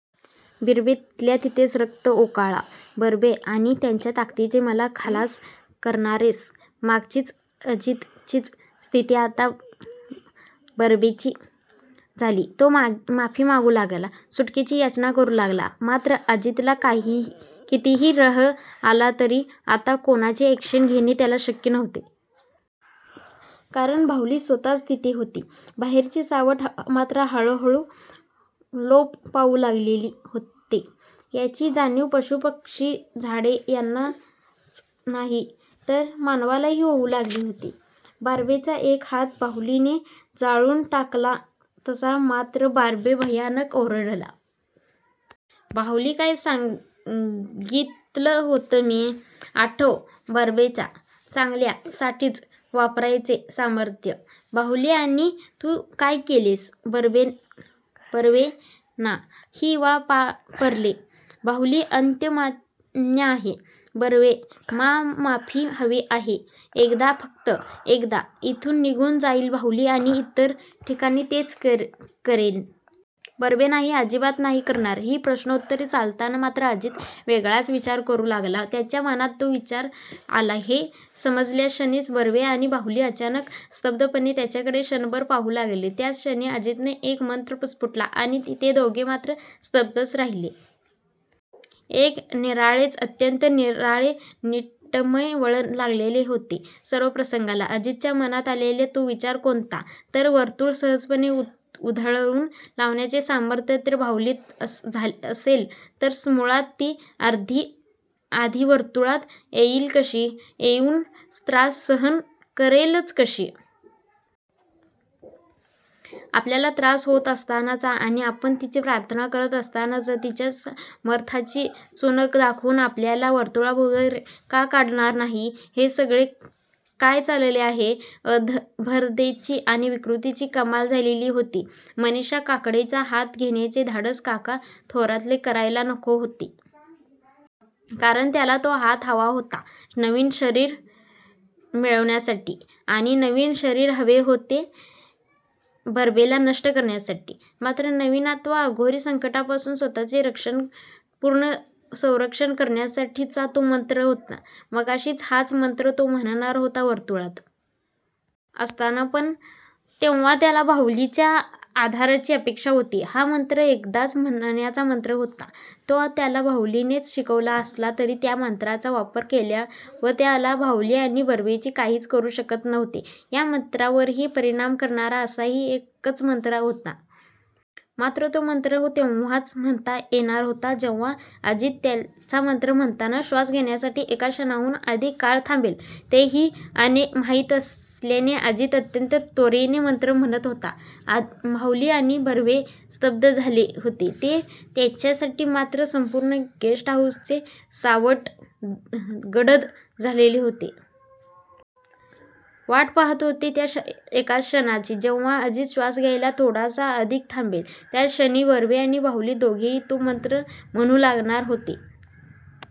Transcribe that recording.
बर्वे तिथल्यातिथेच रक्त ओकला. बर्वे आणि त्याच्या ताकदीने मला खलास करणारेस? मगाचची अजितचीच स्थिती आता बर्वेची झाली. तो माफी मागू लागला. सुटकेची याचना करू लागला. मात्र अजितला कितीही राह आला तरी आत्ता कोणतीही ॲक्शन घेणे त्याला शक्य नव्हते. कारण बाहुली स्वतःच तेथे होती. बाहेरचे सावट मात्र हळू-हळू लोप पावू लागले होते.याची जाणीव पशू पक्षी झाडे यांनाच नाही तर मानवांनाही होऊ लागली होती. बर्वेचा एक हात बाहुलीने जाळून टाकला तसा मात्र बर्वे भयानक ओरडला. बाहुली काय सांगितलं होतं मी? आठव. बर्वेचां. चांगल्या. साठी.च. वापरायचे सामर्थ्य. बाहुली आणि तू काय केलेस? बर्वे ना. ही वा.परले. बाहुली अंत मान्य आहे? बर्वे मा.माफी, हवी आहे. एकदाच, फक्त एकदा. इथून निघून जाईन. बाहुली आणि इतर ठिकाणी तेच करेन. बर्वे नाही. अजिबात नाही करणार.ही प्रश्नोत्तरे चालताना मात्र अजित वेगळाच विचार करू लागला. त्याच्या मनात तो विचार आला हे समजल्याक्षणीच बर्वे आणि बाहुली अचानक स्तब्धपणे त्याच्याकडे क्षणभर पाहू लागले. त्याच क्षणी अजितने एक मंत्र पुटपुटला आणि ते दोघे मात्र स्तब्धच झाले.. एक निराळेच. अत्यंत निराळे नाट्यमय वळण लागलेले होते सर्व प्रसंगाला. अजितच्या मनात आलेला तो विचार कोणता? तर वर्तुळ सहजपणे उधळवून लावण्याचे सामर्थ्य जर बाहुलीत असेल. तर मुळात ती आधी वर्तुळात येईलच कशी? येऊन त्रास सहन करेलच कशी? आपल्याला त्रास होत असताना आणि आपण तिची प्रार्थना करत असतानाच तिच्या सामर्थ्याची चुणूक दाखवून आपल्याला वर्तुळाबाहेर का काढणार नाही? हे सगळे काय चाललेले आहे? अभद्रतेची आणि विकृतीची कमाल झालेली होती. मनीषा काकडेचा हात घेण्याचे धाडसच काका थोरातने करायला नको होते. कारण त्याला तो हात हवा होता नवीन शरीर मिळवण्यासाठी. आणि नवीन शरीर हवे होते बर्वेला नष्ट करण्यासाठी, मात्र नवी अथवा अघोरी संकटापासून स्वतःचे पूर्ण संरक्षण करण्यासाठीचा तो मंत्र होता. मगाशी हाच मंत्र तो म्हणणार होता. वर्तुळात असताना. पण तेव्हा त्याला बाहुलीच्या आधाराची अपेक्षा होती. हा मंत्र एकदाच म्हणण्याचा मंत्र होता.तो त्याला बाहुलीनेच शिकवला असला तरी त्या मंत्राचा वापर केल्यावर त्याला बाहुली आणि बर्वे काहीच करू शकत नव्हते.या मंत्रावरही परिणाम करणारा असाही एकच मंत्र होता.. मात्र तो मंत्र तेव्हाच म्हणता येणार होत जेव्हा अजित त्याचा मंत्र म्हणताना श्वास घेण्यासाठी एका क्षणाहून अधिक काळ थांबेल.. हेही माहीत असल्याने अजित अत्यंत त्वरेने मंत्र म्हणत होता.. बाहुली आणि बर्वे स्तब्ध झालेले होते ते त्याचसाठी मात्र संपूर्ण गेस्ट हाऊसवरचे सावट गडद झालेले होते. वाट पाहात होते त्या एकाच क्षणाची. जेव्हा अजित श्वास घ्यायला थोडासाच अधिक थांबेल. त्या क्षणी बर्वे आणी बाहुली दोघेही तो मंत्र म्हणू लागणार होते.